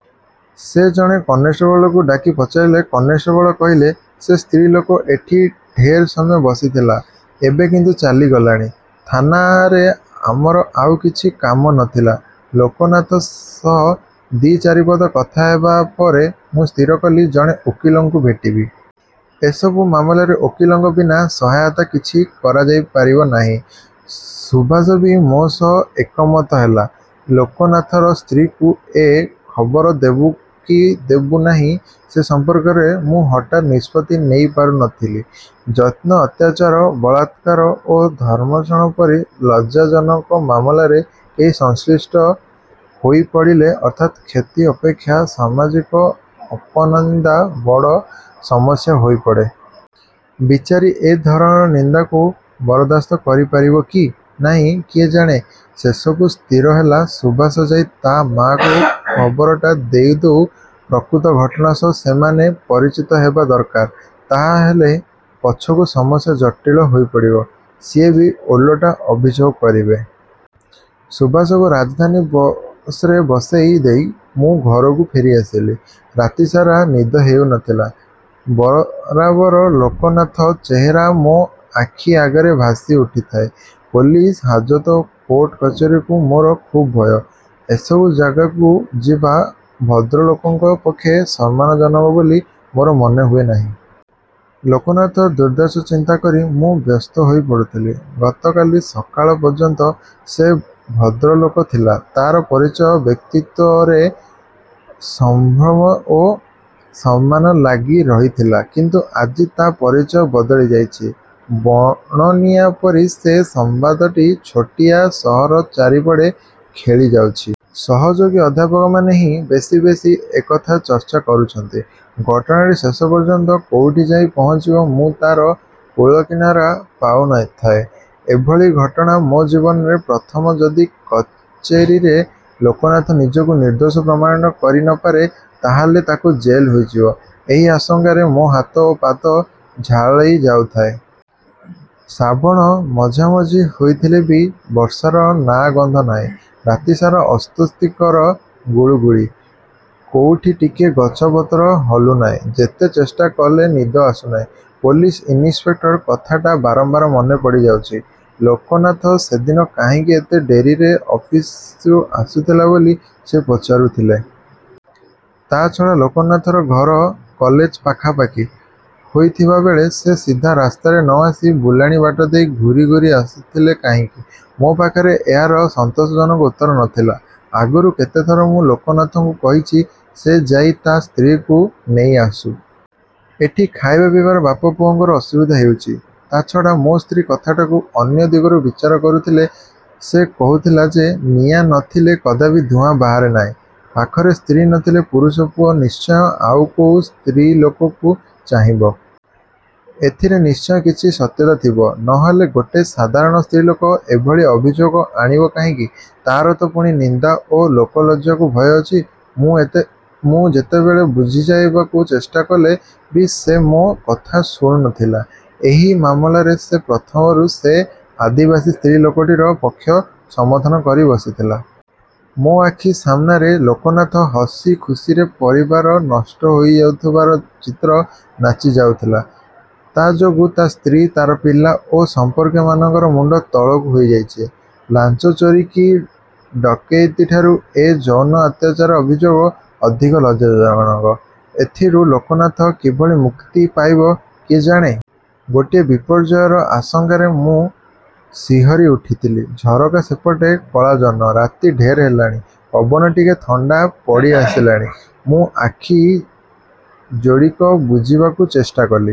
" ସେ ଜଣେ କନେଷ୍ଟବଳକୁ ଡାକି ପଚାରିଲେ। କନେଷ୍ଟବଳ କହିଲା, "ସେ ସ୍ତ୍ରୀଲୋକ ଏଠି ଢେର୍ ସମୟ ବସିଥିଲା, ଏବେ କିନ୍ତୁ ଚାଲିଗଲାଣି। " ଥାନାରେ ଆମର ଆଉ କିଛି କାମ ନ ଥିଲା। ଲୋକନାଥ ସହ ଦି ଚାରିପଦ କଥା ହେବାପରେ ମୁଁ ସ୍ଥିର କଲି ଜଣେ ଓକିଲଙ୍କୁ ଭେଟିବି। ଏସବୁ ମାମଲାରେ ଓକିଲଙ୍କ ବିନା ସହାୟତାରେ କିଛି କରାଯାଇପାରିବ ନାହିଁ। ସୁଭାଷ ବି ମୋ ସହ ଏକମତ ହେଲା। ଲୋକନାଥର ସ୍ତ୍ରୀକୁ ଏ ଖବର ଦେବୁ କି ଦେବୁ ନାହିଁ ସେ ସମ୍ପର୍କରେ ମୁଁ ହଠାତ୍ ନିଷ୍ପତ୍ତି ନେଇପାରୁ ନଥିଲି। ଯୌନ ଅତ୍ୟାଚାର, ବଳାତ୍କାର ଓ ଧର୍ଷଣ ପରି ଲଜ୍ଜାଜନକ ମାମଲାରେ କେହି ସଂଶ୍ଳିଷ୍ଟ ହୋଇପଡ଼ିଲେ ଆର୍ଥିକ କ୍ଷତି ଅପେକ୍ଷା ସାମାଜିକ ଅପନିନ୍ଦା ବଡ଼ ସମସ୍ୟା ହୋଇପଡ଼େ। ବିଚାରୀ! ଏ ଧରଣର ନିନ୍ଦାକୁ ବରଦାସ୍ତ କରିପାରିବେ କି ନାହିଁ କିଏ ଜାଣେ। ଶେଷକୁ ସ୍ଥିରହେଲା, ସୁଭାଷ ଯାଇ ତା ମାଆକୁ ଖବରଟା ଦେଇଦେଉ। ପ୍ରକୃତ ଘଟଣା ସହ ସେମାନେ ପରିଚିତ ହେବା ଦରକାର! ତାହା ନ ହେଲେ ପଛକୁ ସମସ୍ୟା ଜଟିଳ ହୋଇପଡ଼ିବ। ସିଏ ବି ଓଲଟା ଅଭିଯୋଗ କରିବେ। ସୁଭାଷକୁ ରାଜଧାନୀ ବସରେ ବସେଇ ଦେଇ ମୁଁ ଘରକୁ ଫେରିଆସିଲି। ରାତିସାରା ନିଦ ହେଉ ନଥାଏ। ବରାବର ଲୋକନାଥର ଚେହେରା ମୋ ଆଖି ଆଗରେ ଭାସି ଉଠୁଥାଏ। ପୋଲିସ୍, ହାଜତ ଓ କୋର୍ଟ କଚେରିକୁ ମୋର ଖୁବ୍ ଭୟ। ଏସବୁ ଜାଗାକୁ ଯିବା ଭଦ୍ରଲୋକମାନଙ୍କ ପକ୍ଷେ ସମ୍ମାନଜନକ ବୋଲି ମୋର ମନେହୁଏ ନାହିଁ। ଲୋକନାଥର ଦୁର୍ଦ୍ଦଶା ଚିନ୍ତା କରି ମୁଁ ବ୍ୟସ୍ତ ହୋଇପଡ଼ୁଥିଲି। ଗତକାଲି ସକାଳ ପର୍ଯ୍ୟନ୍ତ ସେ ଭଦ୍ରଲୋକ ଥିଲା। ତାର ପରିଚୟ ଓ ବ୍ୟକ୍ତିତ୍ୱରେ ସଂଭ୍ରମ ଓ ସମ୍ମାନ ଲାଗି ରହିଥିଲା। କିନ୍ତୁ ଆଜି ତା ପରିଚୟ ବଦଳି ଯାଇଚି। ବଣନିଆଁ ପରି ଏ ସମ୍ବାଦଟି ଛୋଟିଆ ସହରର ଚାରିଆଡ଼େ ଖେଳିଯାଇଛି। ସହଯୋଗୀ ଅଧ୍ୟାପକମାନେ ହିଁ ବେଶୀ ବେଶୀ ଏ କଥାର ଚର୍ଚ୍ଚା କରୁଛନ୍ତି। ଘଟଣାଟି ଶେଷ ପର୍ଯ୍ୟନ୍ତ କୋଉଠି ଯାଇ ପହଞ୍ଚିବ ମୁଁ ତାର କୂଳକିନାରା ପାଉ ନ ଥାଏ। ଏଭଳି ଘଟଣା ମୋ ଜୀବନରେ ପ୍ରଥମ। ଯଦି କଚେରିରେ ଲୋକନାଥ ନିଜକୁ ନିର୍ଦ୍ଦୋଷ ପ୍ରମାଣ କରି ନପାରେ ତାହାହେଲେ ତାକୁ ଜେଲ୍ ହୋଇଯିବ–ଏହି ଆଶଙ୍କାରେ ମୋ ହାତ ଓ ପାଦ ଝାଳେଇ ଯାଉଥାଏ। ଶ୍ରାବଣ ମଝାମଝି ହୋଇଥିଲେ ବି ବର୍ଷାର ନାଁ-ଗନ୍ଧ ନାହିଁ। ରାତିସାରା ଅସ୍ୱସ୍ତିକର ଗୁଳୁଗୁଳି। କୋଉଠି ଟିକେ ଗଛପତ୍ର ହଲୁନାହିଁ। ଯେତେ ଚେଷ୍ଟା କଲେ ନିଦ ଆସୁ ନାହିଁ। ପୋଲିସ୍ ଇନିସ୍ପେକ୍ଟରର କଥାଟା ବାରମ୍ବାର ମନେ ପଡ଼ିଯାଉଛି। ଲୋକନାଥ ସେଦିନ କାହିଁକି ଏତେ ଡେରିରେ ଅଫିସ୍ରୁ ଆସୁଥିଲେ ବୋଲି ସେ ପଚାରୁଥିଲେ। ତା'ଛଡ଼ା ଲୋକନାଥର ଘର କଲେଜ ପାଖାପାଖି ହୋଇଥିଲାବେଳେ ସେ ସିଧା ରାସ୍ତାରେ ନ ଆସି ବୁଲାଣି ବାଟ ଦେଇ ଘୂରି ଘୂରି ଆସୁଥିଲେ କାହିଁକି? ମୋ ପାଖରେ ଏହାର ସନ୍ତୋଷଜନକ ଉତ୍ତର ନ ଥିଲା। ଆଗରୁ କେତେଥର ମୁଁ ଲୋକନାଥକୁ କହିଛି, ସେ ଯାଇ ତା ସ୍ତ୍ରୀକୁ ନେଇ ଆସୁ। ଏଠି ଖାଇବା ପିଇବାରେ ବାପପୁଅଙ୍କର ଅସୁବିଧା ହେଉଛି। ତାଛଡ଼ା... ମୋ ସ୍ତ୍ରୀ କଥାଟାକୁ ଅନ୍ୟ ଦିଗରୁ ବିଚାର କରୁଥିଲା। ସେ କହୁଥିଲା ଯେ ନିଆଁ ନଥିଲେ କଦାପି ଧୂଆଁ ବାହାରେ ନାହିଁ। ପାଖରେ ସ୍ତ୍ରୀ ନଥିଲେ ପୁରୁଷ ପୁଅ ନିଶ୍ଚୟ ଆଉ କୋଉ ସ୍ତ୍ରୀଲୋକକୁ ଚାହିଁବ। ଏଥିରେ ନିଶ୍ଚୟ କିଛି ସତ୍ୟତା ଥିବ। ନହେଲେ ଗୋଟେ ସାଧାରଣ ସ୍ତ୍ରୀଲୋକ ଏଭଳି ଅଭିଯୋଗ ଆଣିବ କାହିଁକି? ତାର ତ ପୁଣି ନିନ୍ଦା ଓ ଲୋକଲଜ୍ଜାକୁ ଭୟ ଅଛି? ମୁଁ ଯେତେ ବୁଝେଇବାକୁ ଚେଷ୍ଟା କଲେ ବି ସେ ମୋ କଥା ଶୁଣୁ ନଥିଲା। ଏହି ମାମଲାରେ ସେ ପ୍ରଥମରୁ ସେଇ ଆଦିବାସୀ ସ୍ତ୍ରୀଲୋକଟିର ପକ୍ଷ ସମର୍ଥନ କରି ବସିଥିଲା। ମୋ ଆଖି ସାମ୍ନାରେ ଲୋକନାଥର ହସଖୁସିର ପରିବାର ନଷ୍ଟ ହୋଇଯାଉଥିବାର ଚିତ୍ର ନାଚିଯାଉଥିଲା। ତା ଯୋଗୁଁ ତା ସ୍ତ୍ରୀ, ତାର ପିଲା ଓ ସଂପର୍କୀୟମାନଙ୍କର ମୁଣ୍ଡ ତଳକୁ ହୋଇଯାଇଛି। ଲାଞ୍ଚ, ଚୋରି କି ଡକେଇତିଠାରୁ ଏଇ ଯୌନ ଅତ୍ୟାଚାର ଅଭିଯୋଗ ଅଧିକ ଲଜ୍ଜାଜନକ। ଏଥିରୁ ଲୋକନାଥ କିଭଳି ମୁକ୍ତି ପାଇବ କିଏ ଜାଣେ? ଗୋଟେ ବିପର୍ଯ୍ୟୟର ଆଶଙ୍କାରେ ମୁଁ ଶିହରି ଉଠୁଥିଲି। ଝରକା ସେପଟେ କଳାଜହ୍ନ। ରାତି ଢେର୍ ହେଲାଣି। ପବନ ଟିକେ ଥଣ୍ଡା ପଡ଼ିଆସିଲାଣି। ମୁଁ ଆଖିଯୋଡ଼ିକ ବୁଜିବାକୁ ଚେଷ୍ଟା କଲି।